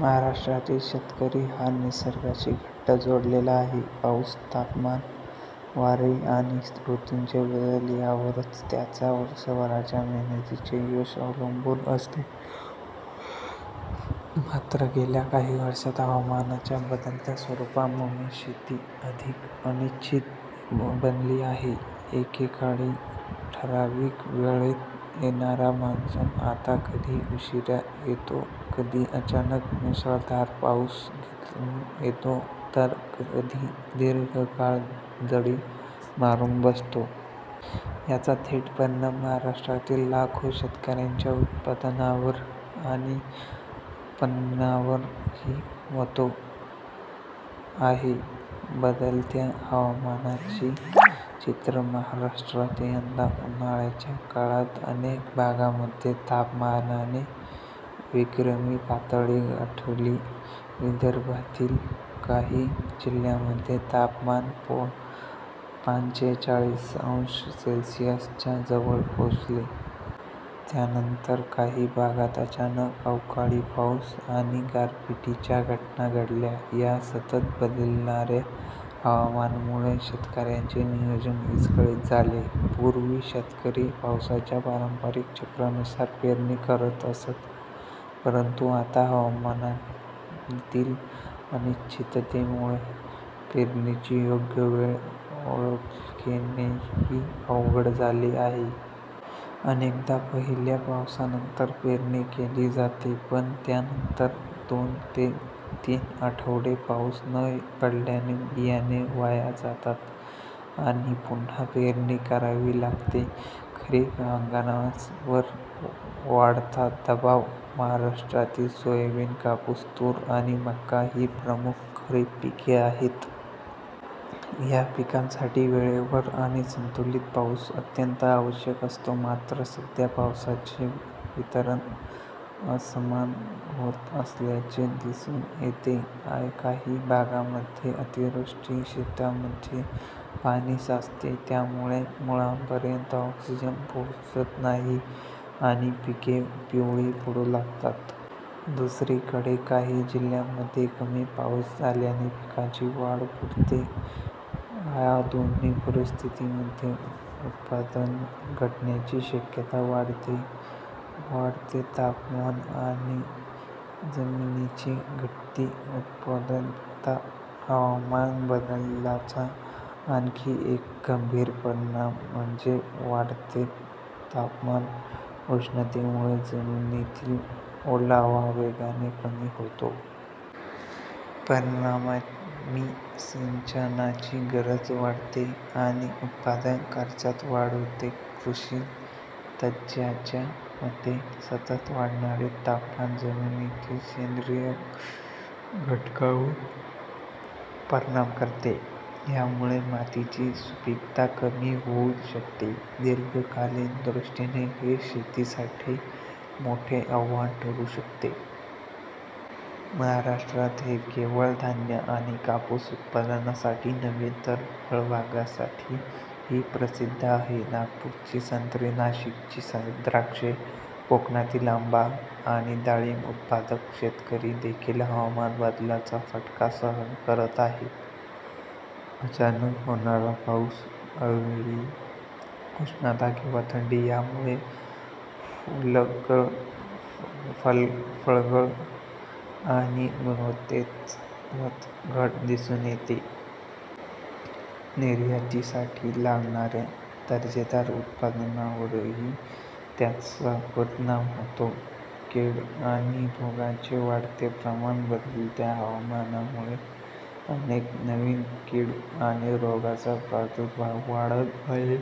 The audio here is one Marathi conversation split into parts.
महाराष्ट्रातील शेतकरी हा निसर्गाशी घट्ट जोडलेला आहे. पाऊस, तापमान, वारे आणि ऋतूंचे बदल यावरच त्याच्या वर्षभराच्या मेहनतीचे यश अवलंबून असते. मात्र गेल्या काही वर्षांत हवामानाच्या बदलत्या स्वरूपामुळे शेती अधिक अनिश्चित बनली आहे. एकेकाळी ठराविक वेळेत येणारा मान्सून आता कधी उशिरा येतो, कधी अचानक मुसळधार पाऊस घेऊन येतो, तर कधी दीर्घ काळ दडी मारून बसतो. याचा थेट परिणाम महाराष्ट्रातील लाखो शेतकऱ्यांच्या उत्पादनावर आणि उत्पन्नावर होत आहे. बदलत्या हवामानाचे चित्र महाराष्ट्रात यंदा उन्हाळ्याच्या काळात अनेक भागांमध्ये तापमानाने विक्रमी पातळी गाठली. विदर्भातील काही जिल्ह्यांमध्ये तापमान पंचेचाळीस अंश सेल्सिअसच्या जवळ पोहोचले. त्यानंतर काही भागांत अचानक अवकाळी पाऊस आणि गारपिटीच्या घटना घडल्या. या सतत बदलणाऱ्या हवामानामुळे शेतकऱ्यांचे नियोजन विस्कळीत झाले. पूर्वी शेतकरी पावसाच्या पारंपरिक चक्रानुसार पेरणी करत असत. परंतु आता हवामानातील अनिश्चिततेमुळे पेरणीची योग्य वेळ ओळखणेही अवघड झाले आहे. अनेकदा पहिल्या पावसानंतर पेरणी केली जाते, पण त्यानंतर दोन ते तीन आठवडे पाऊस न पडल्याने बियाणे वाया जातात. आणि पुन्हा पेरणी करावी लागते. खरीप हंगामावर वाढता दबाव महाराष्ट्रातील सोयाबीन, कापूस, तूर आणि मका ही प्रमुख खरीप पिके आहेत. या पिकांसाठी वेळेवर आणि संतुलित पाऊस अत्यंत आवश्यक असतो. मात्र सध्या पावसाचे वितरण असमान होत असल्याचे दिसून येते. काही भागांमध्ये अतिवृष्टीमुळे शेतांमध्ये पाणी साचते. त्यामुळे मुळांपर्यंत ऑक्सिजन पोहोचत नाही आणि पिके पिवळी पडू लागतात. दुसरीकडे काही जिल्ह्यांमध्ये कमी पाऊस झाल्याने पिकांची वाढ खुंटते. या दोन्ही परिस्थितींमध्ये उत्पादन घटण्याची शक्यता वाढते. वाढते तापमान आणि जमिनीची घटती उत्पादकता हवामान बदलाचा आणखी एक गंभीर परिणाम म्हणजे वाढते तापमान. उष्णतेमुळे जमिनीतील ओलावा वेगाने कमी होतो. परिणामी सिंचनाची गरज वाढते आणि उत्पादन खर्चात वाढ होते. कृषी तज्ज्ञांच्या मते, सतत वाढणारे तापमान जमिनीतील सेंद्रिय घटकांवर परिणाम करते. यामुळे मातीची सुपीकता कमी होऊ शकते. दीर्घकालीन दृष्टीने हे शेतीसाठी मोठे आव्हान ठरू शकते. महाराष्ट्र हे केवळ धान्य आणि कापूस उत्पादनासाठीच नव्हे तर फळबागांसाठीही प्रसिद्ध आहे. नागपूरची संत्री, नाशिकची द्राक्षे, कोकणातील आंबा आणि डाळिंब उत्पादक शेतकरी देखील हवामान बदलाचा फटका सहन करत आहेत. अचानक होणारा पाऊस, अवेळी उष्णता किंवा थंडी यामुळे फुलगळ, फळगळ आणि गुणवत्तेत घट दिसून येते. निर्यातीसाठी लागणाऱ्या दर्जेदार उत्पादनावरही त्याचा परिणाम होतो. कीड आणि रोगांचे वाढते प्रमाण बदलत्या हवामानामुळे अनेक नवीन कीड आणि रोगांचा प्रादुर्भाव वाढत आहे.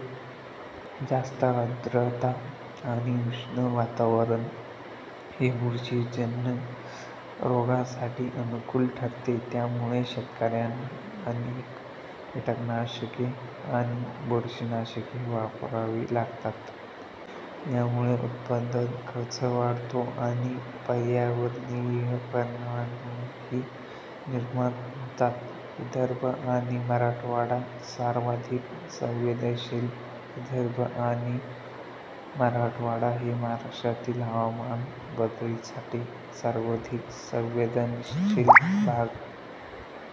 जास्त आर्द्रता आणि उष्ण वातावरण हे बुरशीजन्य रोगांसाठी अनुकूल ठरते. त्यामुळे शेतकऱ्यांना अधिक कीटकनाशके आणि बुरशीनाशके वापरावी लागतात. यामुळे उत्पादन खर्च वाढतो आणि पर्यावरणीय परिणामही निर्माण होतात. विदर्भ आणि मराठवाडा सर्वाधिक संवेदनशील विदर्भ आणि मराठवाडा हे महाराष्ट्रातील हवामान बदलासाठी सर्वाधिक संवेदनशील भाग--